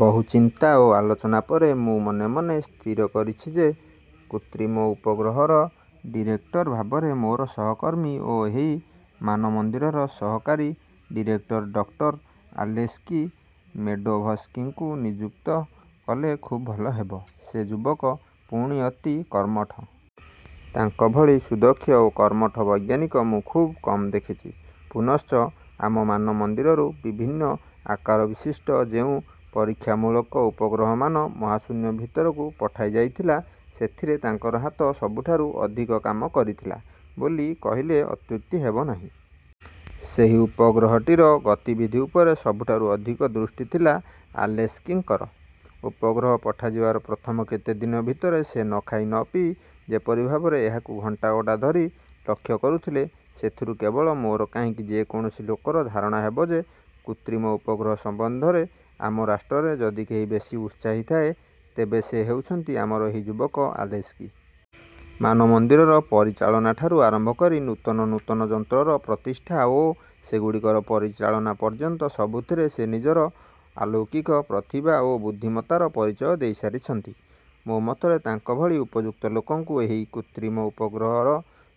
ବହୁ ଚିନ୍ତା ଓ ଆଲୋଚନା ପରେ ମୁଁ ମନେ ମନେ ସ୍ଥିର କରିଛି ଯେ, କୃତ୍ରିମ ଉପଗ୍ରହର ଡିରେକ୍ଟର ଭାବରେ ମୋର ସହକର୍ମୀ ଓ ଏହି ମାନମନ୍ଦିରର ସହକାରୀ ଡିରେକ୍ଟର ଡକ୍ଟର ଆଲେସ୍କି ମେଡ଼ୋଭସ୍କିଙ୍କୁ ନିଯୁକ୍ତ କଲେ ଖୁବ୍ ଭଲ ହେବ। ସେ ଯୁବକ, ପୁଣି ଅତି କର୍ମଠ। ତାଙ୍କ ଭଳି ସୁଦକ୍ଷ ଓ କର୍ମଠ ବୈଜ୍ଞାନିକ ମୁଁ ଖୁବ୍ କମ୍ ଦେଖିଛି। ପୁନଶ୍ଚ ଆମ ମାନମନ୍ଦିରରୁ ବିଭିନ୍ନ ଆକାରବିଶିଷ୍ଟ ଯେଉଁ ପରୀକ୍ଷାମୂଳକ ଉପଗ୍ରହମାନ ମହାଶୂନ୍ୟ ଭିତରକୁ ପଠାଯାଇଥିଲା, ସେଥିରେ ତାଙ୍କର ହାତ ସବୁଠାରୁ ଅଧିକ କାମ କରିଥିଲା ବୋଲି କହିଲେ ଅତ୍ୟୁକ୍ତି ହେବ ନାହିଁ। ସେହି ଉପଗ୍ରହଟିର ଗତିବିଧି ଉପରେ ସବୁଠାରୁ ଅଧିକ ଦୃଷ୍ଟି ଥିଲା ଆଲେସ୍କିଙ୍କର। ଉପଗ୍ରହ ପଠାଯିବାର ପ୍ରଥମ କେତେଦିନ ଭିତରେ ସେ ନଖାଇ ନପିଇ ଯେପରି ଭାବରେ ଏହାକୁ ଘଣ୍ଟା ଘଣ୍ଟା ଧରି ଲକ୍ଷ୍ୟ କରୁଥିଲେ, ସେଥିରୁ କେବଳ ମୋର କାହିଁକି ଯେକୌଣସି ଲୋକର ଧାରଣା ହେବ ଯେ, କୃତ୍ରିମ ଉପଗ୍ରହ ସମ୍ୱନ୍ଧରେ ଆମ ରାଷ୍ଟ୍ରରେ ଯଦି କେହି ବେଶି ଉତ୍ସାହୀ ଥାଏ, ତେବେ ସେ ହେଉଛନ୍ତି ଆମର ଏହି ଯୁବକ ଆଲେସ୍କି। ମାନମନ୍ଦିରର ପରିଚାଳନାଠାରୁ ଆରମ୍ଭ କରି ନୂତନ ନୂତନ ଯନ୍ତ୍ରର ପ୍ରତିଷ୍ଠା ଓ ସେଗୁଡ଼ିକର ପରିଚାଳନା ପର୍ଯ୍ୟନ୍ତ ସବୁଥିରେ ସେ ନିଜର ଆଲୌକିକ ପ୍ରତିଭା ଓ ବୁଦ୍ଧିମତ୍ତାର ପରିଚୟ ଦେଇସାରିଛନ୍ତି। ମୋ ମତରେ ତାଙ୍କ ଭଳି ଉପଯୁକ୍ତ ଲୋକଙ୍କୁ ଏହି କୃତ୍ରିମ ଉପଗ୍ରହର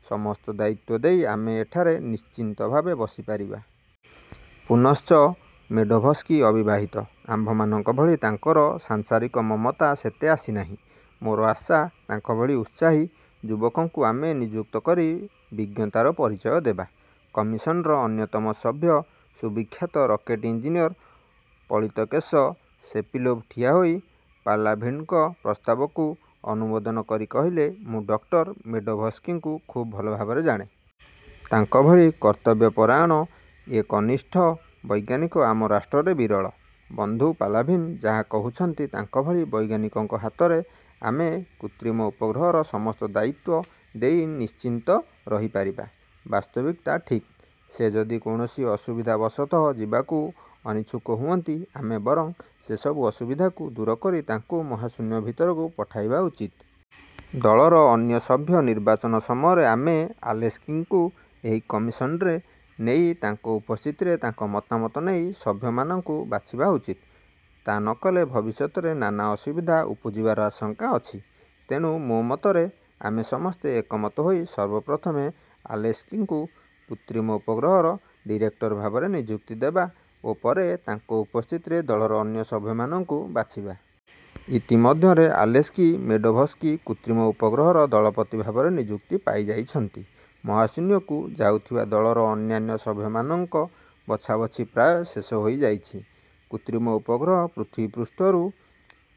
ସମସ୍ତ ଦାୟିତ୍ୱ ଦେଇ ଆମେ ଏଠାରେ ନିଶ୍ଚିନ୍ତହୋଇ ବସିପାରିବା। ପୁନଶ୍ଚ ମେଡ଼ୋଭସ୍କି ଅବିବାହିତ। ଆମ୍ଭମାନଙ୍କ ଭଳି ତାଙ୍କର ସାଂସାରିକ ମମତା ସେତେ ଆସିନାହିଁ। ମୋର ଆଶା, ତାଙ୍କଭଳି ଉତ୍ସାହୀ। ଯୁବକଙ୍କୁ ଆମେ ନିଯୁକ୍ତ କରି ବିଜ୍ଞତାର ପରିଚୟ ଦେବା। '' କମିଶନ୍ର ଅନ୍ୟତମ ସଭ୍ୟ ସୁବିଖ୍ୟାତ ରକେଟ୍ ଇଞ୍ଜିନିୟର ପଳିତକେଶ ସେପିଲୋଭ୍ ଠିଆହୋଇ ପାଲାଭିନ୍ଙ୍କ ପ୍ରସ୍ତାବକୁ ଅନୁମୋଦନ କରି କହିଲେ, ''ମୁଁ ଡକ୍ଟର ମେଡ଼ୋଭସ୍କିଙ୍କୁ ଖୁବ୍ ଭଲଭାବରେ ଜାଣେ। ତାଙ୍କଭଳି କର୍ତ୍ତବ୍ୟପରାୟଣ, ଏ କନିଷ୍ଠ ବୈଜ୍ଞାନିକ ଆମ ରାଷ୍ଟ୍ରରେ ବିରଳ। ବନ୍ଧୁ ପାଲାଭିନ୍ ଯାହା କହୁଛନ୍ତି ତାଙ୍କ ଭଳି ବୈଜ୍ଞାନିକଙ୍କ ହାତରେ ଆମେ କୃତ୍ରିମ ଉପଗ୍ରହର ସମସ୍ତ ଦାୟିତ୍ୱ ଦେଇ ନିଶ୍ଚିନ୍ତ ରହିପାରିବା; ବାସ୍ତବିକ ତା ଠିକ୍। ସେ ଯଦି କୌଣସି ଅସୁବିଧାବଶତଃ ଯିବାକୁ ଅନିଚ୍ଛୁକ ହୁଅନ୍ତି, ଆମେ ବରଂ ସେ ସବୁ ଅସୁବିଧାକୁ ଦୂରକରି ତାଙ୍କୁ ମହାଶୂନ୍ୟ ଭିତରକୁ ପଠାଇବା ଉଚିତ। ଦଳର ଅନ୍ୟ ସଭ୍ୟ ନିର୍ବାଚନ ସମୟରେ ଆମେ ଆଲେସ୍କିଙ୍କୁ ଏହି କମିଶନ୍ରେ ନେଇ ତାଙ୍କ ଉପସ୍ଥିତିରେ ତାଙ୍କ ମତାମତ ନେଇ ସଭ୍ୟମାନଙ୍କୁ ବାଛିବା ଉଚିତ। ତା ନକଲେ ଭବିଷ୍ୟତରେ ନାନା ଅସୁବିଧା ଉପୁଜିବାର ଆଶଙ୍କା ଅଛି। ତେଣୁ ମୋ ମତରେ, ଆମେ ସମସ୍ତେ ଏକମତ ହୋଇ ସର୍ବପ୍ରଥମେ ଆଲେସ୍କିଙ୍କୁ କୃତ୍ରିମ ଉପଗ୍ରହର ଡିରେକ୍ଟର ଭାବରେ ନିଯୁକ୍ତି ଦେବା ଓ ପରେ ତାଙ୍କ ଉପସ୍ଥିତିରେ ଦଳର ଅନ୍ୟ ସଭ୍ୟମାନଙ୍କୁ ବାଛିବା। ଇତିମଧ୍ୟରେ ଆଲେସ୍କି ମେଡ଼ୋଭସ୍କି କୃତ୍ରିମ ଉପଗ୍ରହର ଦଳପତି ଭାବରେ ନିଯୁକ୍ତି ପାଇଯାଇଛନ୍ତି। ମହାଶୂନ୍ୟକୁ ଯାଉଥିବା ଦଳର ଅନ୍ୟାନ୍ୟ ସଭ୍ୟମାନଙ୍କ ବଛାବଛି ପ୍ରାୟ ଶେଷ ହୋଇଯାଇଛି। କୃତ୍ରିମ ଉପଗ୍ରହ ପୃଥିବୀପୃଷ୍ଠରୁ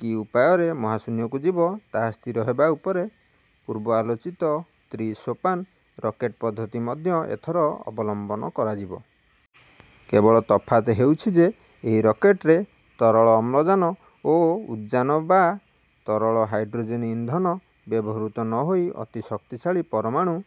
କି ଉପାୟରେ ମହାଶୂନ୍ୟକୁ ଯିବ, ତାହା ସ୍ଥିର ହେବା ଉପରେ। ପୂର୍ବ ଆଲୋଚିତ ତ୍ରି-ସୋପାନ ରକେଟ୍ ପଦ୍ଧତି ମଧ୍ୟ ଏଥର ଅବଲମ୍ୱନ କରାଯିବ। କେବଳ ତଫାତ୍ ହେଉଛି ଯେ, ଏହି ରକେଟ୍ରେ ତରଳ ଅମ୍ଳଜାନ ଓ ଉଦ୍ଜାନ ବା ତରଳ ହାଇଡ଼୍ରୋଜେନ୍ ଇନ୍ଧନ ବ୍ୟବହୃତ ନ ହୋଇ ଅତି ଶକ୍ତିଶାଳୀ ପରମାଣୁ